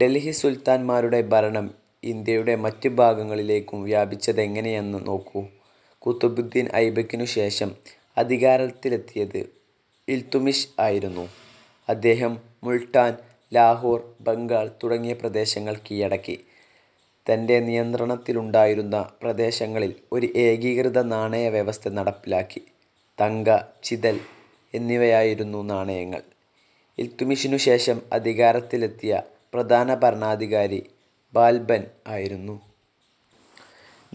ഡൽഹി സുൽത്താന്മാരുടെ ഭരണം ഇന്ത്യയുടെ മറ്റ് ഭാഗങ്ങളിലേക്ക് വ്യാപിച്ചതെങ്ങനെയെന്ന് നോക്കൂ. കുത്ബുദ്ദീൻ ഐബക്കിനുശേഷം അധികാരത്തിലെത്തിയത് ഇൽതുത്മിഷ് ആയിരുന്നു. അദ്ദേഹം മുൾട്ടാൻ, ലാഹോർ, ബംഗാൾ തുടങ്ങിയ പ്രദേശങ്ങൾ കീഴടക്കി. തന്റെ നിയന്ത്രണത്തിലുണ്ടായിരുന്ന പ്രദേശങ്ങളിൽ ഒരു ഏകീകൃത നാണയവ്യവസ്ഥ നടപ്പിലാക്കി. തങ്ക, ജിതൽ എന്നിവയായിരുന്നു നാണയങ്ങൾ. ഇൽതുത്മിഷിനു ശേഷം അധികാരത്തിലെത്തിയ പ്രധാന ഭരണാധികാരി ബാൽബൻ ആയിരുന്നു.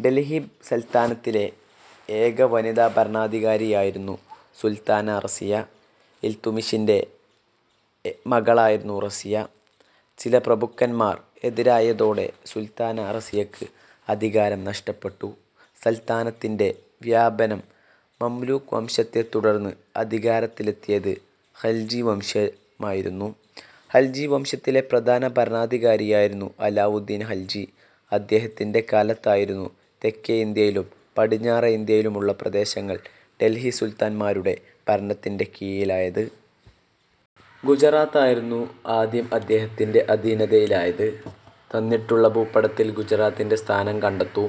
ഡൽഹി സൽത്തനത്തിലെ ഏക വനിതാ ഭരണാധികാരിയായിരുന്നു സുൽത്താന റസിയ. ഇൽതുത്മിഷിന്റെ മകളായിരുന്നു റസിയ. ചില പ്രഭുക്കന്മാർ എതിരായതോടെ സുൽത്താന റസിയയ്ക്ക് അധികാരം നഷ്ടപ്പെട്ടു. സൽത്തനത്തിന്റെ വ്യാപനം മംലൂക്ക് വംശത്തെത്തുടർന്ന് അധികാരത്തിലെത്തിയത് ഖൽജി വംശമായിരുന്നു. ഖൽജി വംശത്തിലെ പ്രധാന ഭരണാധികാരിയായിരുന്നു അലാവുദ്ദീൻ ഖൽജി. അദ്ദേഹത്തിന്റെ കാലത്തായിരുന്നു തെക്കേ ഇന്ത്യയിലും പടിഞ്ഞാറെ ഇന്ത്യയിലുമുള്ള പ്രദേശങ്ങൾ ഡൽഹി സുൽത്താന്മാരുടെ ഭരണത്തിന്റെ കീഴിലായത്. ഗുജറാത്ത് ആയിരുന്നു ആദ്യം അദ്ദേഹത്തിന്റെ അധീനതയിലായത്. തന്നിട്ടുള്ള ഭൂപടത്തിൽ ഗുജറാത്തിന്റെ സ്ഥാനം കണ്ടെത്തൂ.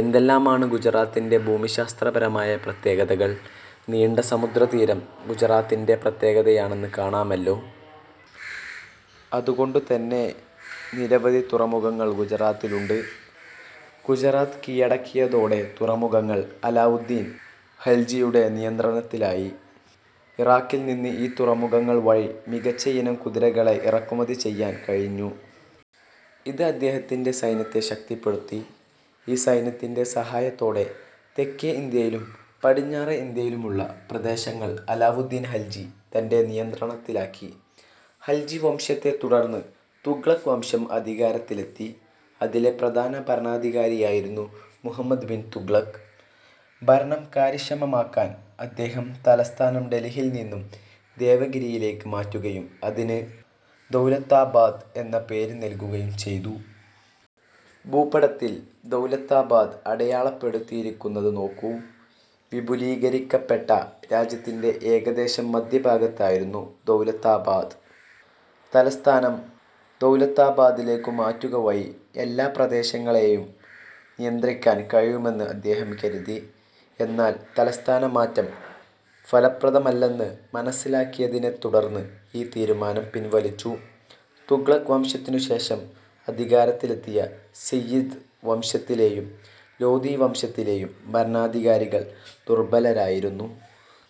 എന്തെല്ലാമാണ് ഗുജറാത്തിന്റെ ഭൂമിശാസ്ത്രപരമായ പ്രത്യേകതകൾ നീണ്ട സമുദ്രതീരം ഗുജറാത്തിന്റെ പ്രത്യേകതയാണെന്ന് കാണാമല്ലോ. അതുകൊണ്ടുതന്നെ നിരവധി തുറമുഖങ്ങൾ ഗുജറാത്തിലുണ്ട്. ഗുജറാത്ത് കീഴടക്കിയതോടെ തുറമുഖങ്ങൾ അലാവുദ്ദീൻ ഖൽജിയുടെ നിയന്ത്രണത്തിലായി. ഇറാഖിൽനിന്ന് ഈ തുറമുഖങ്ങൾ വഴി മികച്ചയിനം കുതിരകളെ ഇറക്കുമതി ചെയ്യാൻ കഴിഞ്ഞു. ഇത് അദ്ദേഹത്തിന്റെ സൈന്യത്തെ ശക്തിപ്പെടുത്തി. ഈ സൈന്യത്തിന്റെ സഹായത്തോടെ തെക്കേ ഇന്ത്യയിലും പടിഞ്ഞാറെ ഇന്ത്യയിലുമുള്ള പ്രദേശങ്ങൾ അലാവുദ്ദീൻ ഖൽജി തന്റെ നിയന്ത്രണത്തിലാക്കി. ഖൽജി വംശത്തെത്തുടർന്ന് തുഗ്ലക്ക് വംശം അധികാരത്തിലെത്തി. അതിലെ പ്രധാന ഭരണാധികാരിയായിരുന്നു മുഹമ്മദ് ബിൻ തുഗ്ലക്ക്. ഭരണം കാര്യക്ഷമമാക്കാൻ അദ്ദേഹം തലസ്ഥാനം ഡൽഹിയിൽ നിന്ന് ദേവഗിരിയിലേക്ക് മാറ്റുകയും അതിന് ദൗലത്താബാദ് എന്ന പേര് നൽകുകയും ചെയ്തു. ഭൂപടത്തിൽ ദൗലത്താബാദ് അടയാളപ്പെടുത്തിയിരിക്കുന്നത് നോക്കൂ. വിപുലീകരിക്കപ്പെട്ട രാജ്യത്തിന്റെ ഏകദേശം മധ്യഭാഗത്തായിരുന്നു ദൗലത്താബാദ്. തലസ്ഥാനം ദൗലത്താബാദിലേക്ക് മാറ്റുകവഴി എല്ലാ പ്രദേശങ്ങളേയും നിയന്ത്രിക്കാൻ കഴിയുമെന്ന് അദ്ദേഹം കരുതി. എന്നാൽ തലസ്ഥാനമാറ്റം ഫലപ്രദമല്ലെന്ന് മനസ്സിലാക്കിയതിനെത്തുടർന്ന് ഈ തീരുമാനം പിൻവലിച്ചു. തുഗ്ലക്ക് വംശത്തിനുശേഷം അധികാരത്തിലെത്തിയ സയ്യിദ് വംശത്തിലെയും ലോദി വംശത്തിലെയും ഭരണാധികാരികൾ ദുർബലരായിരുന്നു.